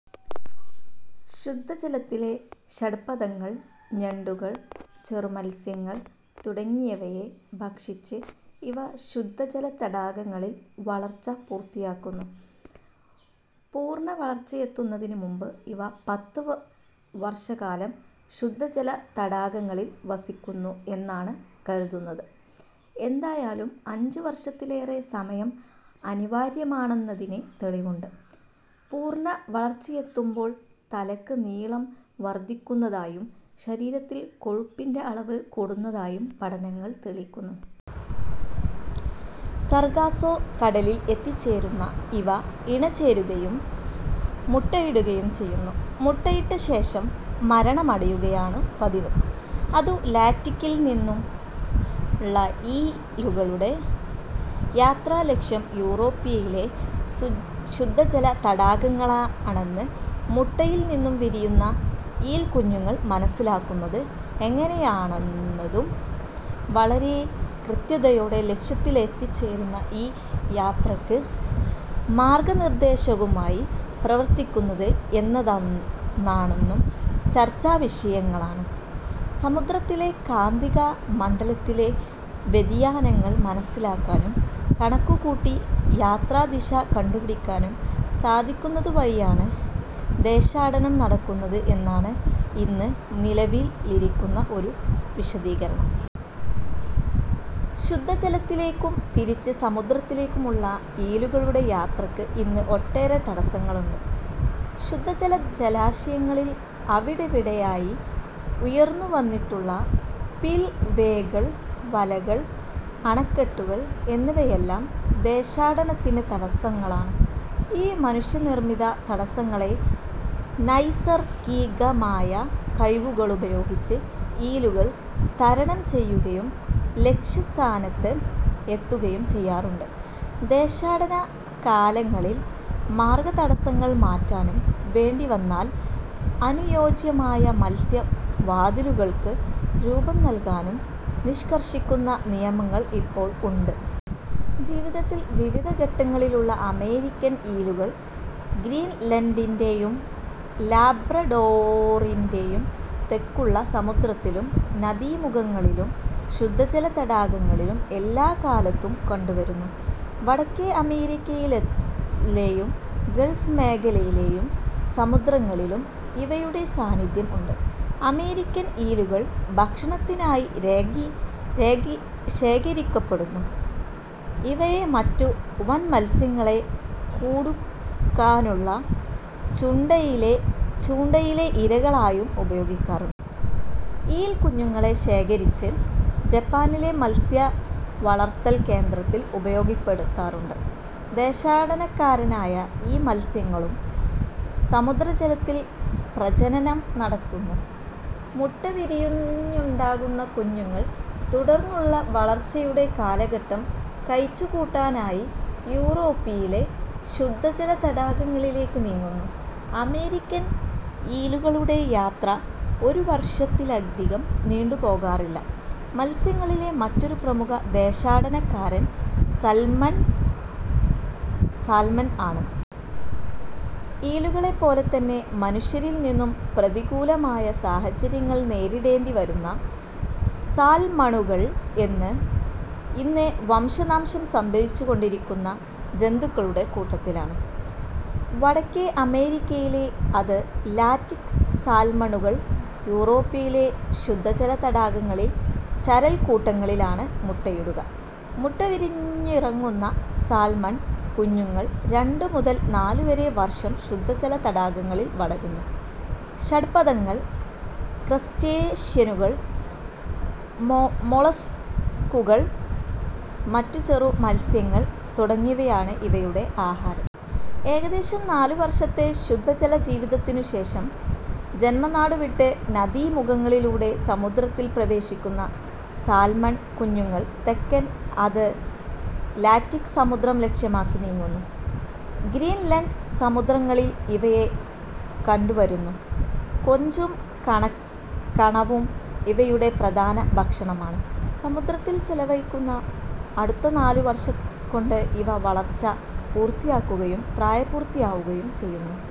ശുദ്ധജലത്തിലെ ഷഡ്പദങ്ങൾ, ഞണ്ടുകൾ, ചെറുമത്സ്യങ്ങൾ തുടങ്ങിയവയെ ഭക്ഷിച്ച് ഇവ ശുദ്ധജല തടാകങ്ങളിൽ വളർച്ച പൂർത്തിയാക്കുന്നു. പൂർണവളർച്ചയെത്തുന്നതിന് ഇവ പത്ത് വർഷക്കാലം ശുദ്ധജല തടാകങ്ങളിൽ വസിക്കുന്നു എന്നാണ് കരുതുന്നത്. എന്തായാലും അഞ്ച് വർഷത്തിലേറെ സമയം അനിവാര്യമാണെന്നതിന് തെളിവുണ്ട്. പൂർണവളർച്ചയെത്തുമ്പോൾ തലയ്ക്ക് നീളം വർധിക്കുന്നതായും ശരീരത്തിൽ കൊഴുപ്പിന്റെ അളവ് കൂടുന്നതായും പഠനങ്ങൾ തെളിയിക്കുന്നു. സർഗാസോ കടലിൽ എത്തിച്ചേരുന്ന ഇവ ഇണചേരുകയും മുട്ടയിടുകയും ചെയ്യുന്നു. മുട്ടയിട്ടശേഷം മരണമടയുകയാണു പതിവ്. അത് ലാന്റിക്കിൽ നിന്നുള്ള ഈലുകളുടെ യാത്രാലക്ഷ്യം യൂറോപ്പിലെ ശുദ്ധജല തടാകങ്ങളാണെന്ന് മുട്ടയിൽനിന്ന് വിരിയുന്ന ഈൽക്കുഞ്ഞുങ്ങൾ മനസ്സിലാക്കുന്നത് എങ്ങനെയാണെന്നതും വളരെ കൃത്യതയോടെ ലക്ഷ്യത്തിലെത്തിച്ചേരുന്ന ഈ യാത്രയ്ക്ക് മാർഗനിർദ്ദേശകമായി പ്രവർത്തിക്കുന്നത് എന്താണെന്നതും ചർച്ചാവിഷയങ്ങളാണ്. സമുദ്രത്തിലെ കാന്തിക മണ്ഡലത്തിന്റെ വ്യതിയാനങ്ങൾ മനസ്സിലാക്കാനും കണക്കുകൂട്ടി യാത്രാദിശ കണ്ടുപിടിക്കാനും സാധിക്കുന്നതുവഴിയാണ് ദേശാടനം നടക്കുന്നത് എന്നാണ് ഇന്ന് നിലവിലിരിക്കുന്ന ഒരു വിശദീകരണം. ശുദ്ധജലത്തിലേക്കും തിരിച്ച് സമുദ്രത്തിലേക്കും ഉള്ള ഈലുകളുടെ യാത്രയ്ക്ക് ഇന്ന് ഒട്ടേറെ തടസ്സങ്ങൾ ഉണ്ട്. ശുദ്ധജല ജലാശയങ്ങളിൽ അവിടവിടെ ആയി ഉയർന്നുവന്നിട്ടുള്ള സ്പിൽവേകൾ, വലകൾ, അണക്കെട്ടുകൾ എന്നിവയെല്ലാം ദേശാടനത്തിന് തടസ്സങ്ങളാണ്. ഈ മനുഷ്യനിർമിത തടസ്സങ്ങളെ നൈസർഗികമായ കഴിവുകളുപയോഗിച്ച് ഈലുകൾ തരണം ചെയ്യുകയും ലക്ഷ്യസ്ഥാനത്ത് എത്തുകയും ചെയ്യാറുണ്ട്. ദേശാടന കാലങ്ങളിൽ മാർഗതടസ്സങ്ങൾ മാറ്റാനും, വേണ്ടിവന്നാൽ അനുയോജ്യമായ 'മത്സ്യ വാതിലുകൾക്ക്' രൂപംനല്കാനും നിഷ്കർഷിക്കുന്ന നിയമങ്ങൾ ഇപ്പോൾ ഉണ്ട്. ജീവിതത്തിന്റെ വിവിധ ഘട്ടങ്ങളിലുള്ള അമേരിക്കൻ ഈലുകൾ ഗ്രീൻലൻഡിന്റെയും ലാബ്രഡോറിന്റെയും തെക്കുള്ള സമുദ്രത്തിലും നദീമുഖങ്ങളിലും ശുദ്ധജല തടാകങ്ങളിലും എല്ലാക്കാലത്തും കണ്ടുവരുന്നു. വടക്കേ അമേരിക്കയിലെയും ഗൾഫ് മേഖലയിലെയും സമുദ്രങ്ങളിലും ഇവയുടെ സാന്നിധ്യം ഉണ്ട്. അമേരിക്കൻ ഈലുകൾ ഭക്ഷണത്തിനായി ശേഖരിക്കപ്പെടുന്നു. ഇവയെ മറ്റു വൻമത്സ്യങ്ങളെ കുടുക്കാനുള്ള ചൂണ്ടയിലെ ഇരകളായും ഉപയോഗിക്കാറുണ്ട്. ഈൽക്കുഞ്ഞുങ്ങളെ ശേഖരിച്ച് ജപ്പാനിലെ മത്സ്യവളർത്തൽ കേന്ദ്രങ്ങളിൽ ഉപയോഗപ്പെടുത്താറുണ്ട്. ദേശാടനക്കാരായ ഈ മത്സ്യങ്ങളും സമുദ്രജലത്തിൽ പ്രജനനം നടത്തുന്നു. മുട്ട വിരിഞ്ഞുണ്ടാകുന്ന കുഞ്ഞുങ്ങൾ തുടർന്നുള്ള വളർച്ചയുടെ കാലഘട്ടം കഴിച്ചുകൂട്ടാനായി യൂറോപ്പിലെ ശുദ്ധജല തടാകങ്ങളിലേക്കു നീങ്ങുന്നു. അമേരിക്കൻ ഈലുകളുടെ യാത്ര ഒരു വർഷത്തിലധികം നീണ്ടുപോകാറില്ല. മത്സ്യങ്ങളിലെ മറ്റൊരു പ്രമുഖ ദേശാടനക്കാരൻ സാൽമൺ ആണ്. ഈലുകളെപ്പോലെതന്നെ മനുഷ്യനിൽനിന്നു പ്രതികൂലമായ സാഹചര്യങ്ങൾ നേരിടേണ്ടിവരുന്ന സാൽമണുകൾ ഇന്ന് വംശനാശം സംഭവിച്ചുകൊണ്ടിരിക്കുന്ന ജന്തുക്കളുടെ കൂട്ടത്തിലാണ്. വടക്കേ അമേരിക്കയിലെ അത് ലാന്റിക് സാൽമണുകൾ യൂറോപ്പിലെ ശുദ്ധജല തടാകങ്ങളിലെ ചരൽക്കൂട്ടങ്ങളിലാണ് മുട്ടയിടുക. മുട്ട വിരിഞ്ഞിറങ്ങുന്ന സാൽമൺ കുഞ്ഞുങ്ങൾ രണ്ടുമുതൽ നാലുവരെ വർഷം ശുദ്ധജല തടാകങ്ങളിൽ വളരുന്നു. ഷഡ്പദങ്ങൾ, ക്രസ്റ്റേഷ്യനുകൾ, മൊളസ്കുകൾ, മറ്റു ചെറു മത്സ്യങ്ങൾ തുടങ്ങിയവയാണ് ഇവയുടെ ആഹാരം. ഏകദേശം നാലുവർഷത്തെ ശുദ്ധജലജീവിതത്തിനുശേഷം ജന്മനാടു വിട്ട് നദീമുഖങ്ങളിലൂടെ സമുദ്രത്തിൽ പ്രവേശിക്കുന്ന സാൽമൺ കുഞ്ഞുങ്ങൾ തെക്കൻ അത് ലാന്റിക് സമുദ്രം ലക്ഷ്യമാക്കി നീങ്ങുന്നു. ഗ്രീൻലൻഡ് സമുദ്രങ്ങളിലും ഇവയെ കണ്ടുവരുന്നു. കൊഞ്ചും കണവയും ഇവയുടെ പ്രധാന ഭക്ഷണമാണ്. സമുദ്രത്തിൽ ചെലവഴിക്കുന്ന അടുത്ത നാലഞ്ചു വർഷംകൊണ്ട് ഇവ വളർച്ച പൂർത്തിയാക്കുകയും പ്രായപൂർത്തിയെത്തുകയും ചെയ്യുന്നു.